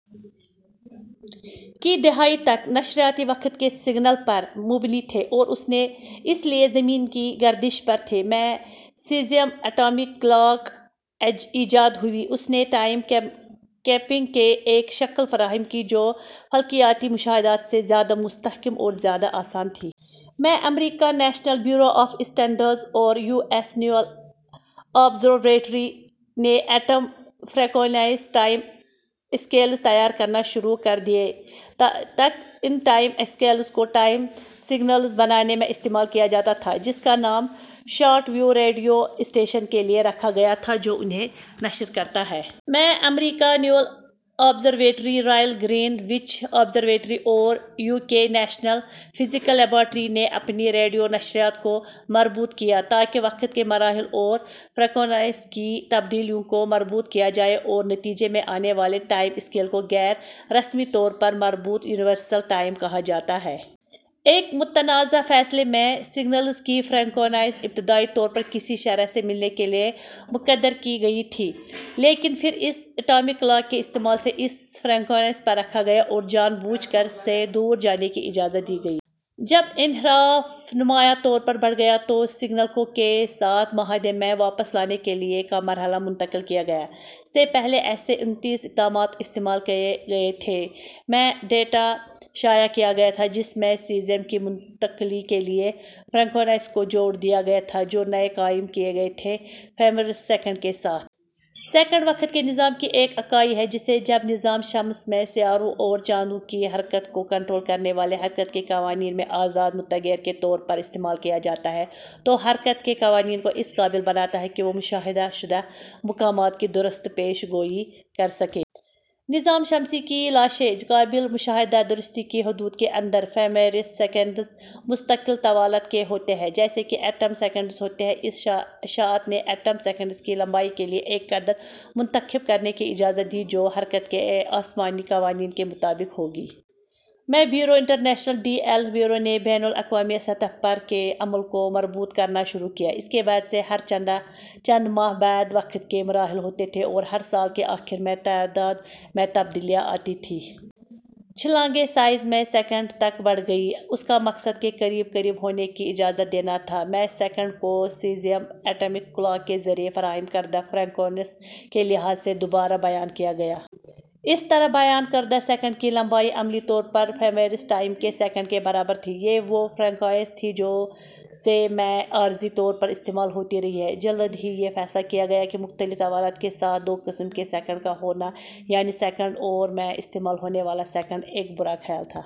کی دہائی تک، نشریاتی وقت کے سگنل پر مبنی تھے اور اسی لیے زمین کی گردش پر تھے۔ میں سیزیم اٹامک کلاک ایجاد ہوئی۔ اس نے ٹائم کیپنگ کی ایک شکل فراہم کی جو فلکیاتی مشاہدات سے زیادہ مستحکم اور زیادہ آسان تھی۔ میں، امریکا نیشنل بیورو آف اسٹینڈرڈز اور یو ایس نیول آبزرویٹری نے ایٹم فریکوئنسی ٹائم اسکیلز تیار کرنا شروع کر دیے۔ تک، ان ٹائم اسکیلز کو ٹائم سگنلز بنانے میں استعمال کیا جاتا تھا، جس کا نام شارٹ ویو ریڈیو اسٹیشن کے لیے رکھا گیا تھا جو انھیں نشر کرتا ہے۔ میں، امریکا naval observatory, royal Greenwich observatory اور U K national physical laboratory نے اپنی ریڈیو نشریات کو مربوط کیا تاکہ وقت کے مراحل اور فریکوئنسی کی تبدیلیوں کو مربوط کیا جائے اور نتیجے میں آنے والے ٹائم اسکیل کو غیر رسمی طور پر "مربوط یونیورسل ٹائم" کہا جاتا ہے۔ ایک متنازع فیصلے میں، سگنلز کی فریکوئنسی ابتدائی طور پر کی شرح سے ملنے کے لیے مقرر کی گئی تھی، لیکن پھر اسے اٹامک کلاک کے استعمال سے اسی فریکوئنسی پر رکھا گیا اور جان بوجھ کر سے دور جانے کی اجازت دی گئی۔ جب انحراف نمایاں طور پر بڑھ گیا، تو سگنل کو کے ساتھ معاہدے میں واپس لانے کے لیے کا مرحلہ منتقل کیا گیا ۔ سے پہلے ایسے انتیس اقدامات استعمال کیے گئے تھے میں، ڈیٹا شائع کیا گیا تھا جس میں سیزیم کی منتقلی کے لیے فریکوئنسی کو جوڑ دیا گیا تھا، جو نئے قائم کیے گئے تھے، فیمریس سیکنڈ کے ساتھ۔ سیکنڈ وقت کے نظام کی ایک اکائی ہے جسے، جب نظام شمسی میں سیاروں اور چاندوں کی حرکت کو کنٹرول کرنے والے حرکت کے قوانین میں آزاد متغیر کے طور پر استعمال کیا جاتا ہے، تو حرکت کے قوانین کو اس قابل بناتا ہے کہ وہ مشاہدہ شدہ مقامات کی درست پیش گوئی کر سکے۔ نظام شمسی کی لاشیں. قابل مشاہدہ درستی کی حدود کے اندر، فیمیرس سیکنڈز مستقل طوالت کے ہوتے ہیں، جیسا کہ ایٹم سیکنڈز ہوتے ہیں۔ اس اشاعت نے ایٹم سیکنڈ کی لمبائی کے لیے ایک قدر منتخب کرنے کی اجازت دی جو حرکت کے آسمانی قوانین کے مطابق ہوگی۔ میں، Bureau International de l Heure نے بین الاقوامی سطح پر کے عمل کو مربوط کرنا شروع کیا ۔ اس کے بعد سے، ہر چند ماہ بعد وقت کے مراحل ہوتے تھے اور ہر سال کے آخر میں تعدد میں تبدیلیاں آتی تھیں۔ چھلانگیں سائز میں سیکنڈ تک بڑھ گئیں۔ اس کا مقصد کے قریب قریب ہونے کی اجازت دینا تھا۔ میں، سیکنڈ کو سیزیم ایٹمک کلاک کے ذریعے فراہم کردہ فریکوئنسی کے لحاظ سے دوبارہ بیان کیا گیا۔ اس طرح بیان کردہ سیکنڈ کی لمبائی عملی طور پر فیمیرس ٹائم کے سیکنڈ کے برابر تھی۔ یہ وہ فریکوئنسی تھی جو سے میں عارضی طور پر استعمال ہوتی رہی ہے۔ جلد ہی یہ فیصلہ کیا گیا کہ مختلف طوالت کے ساتھ دو قسم کے سیکنڈ کا ہونا، یعنی سیکنڈ اور میں استعمال ہونے والا سیکنڈ، ایک برا خیال تھا۔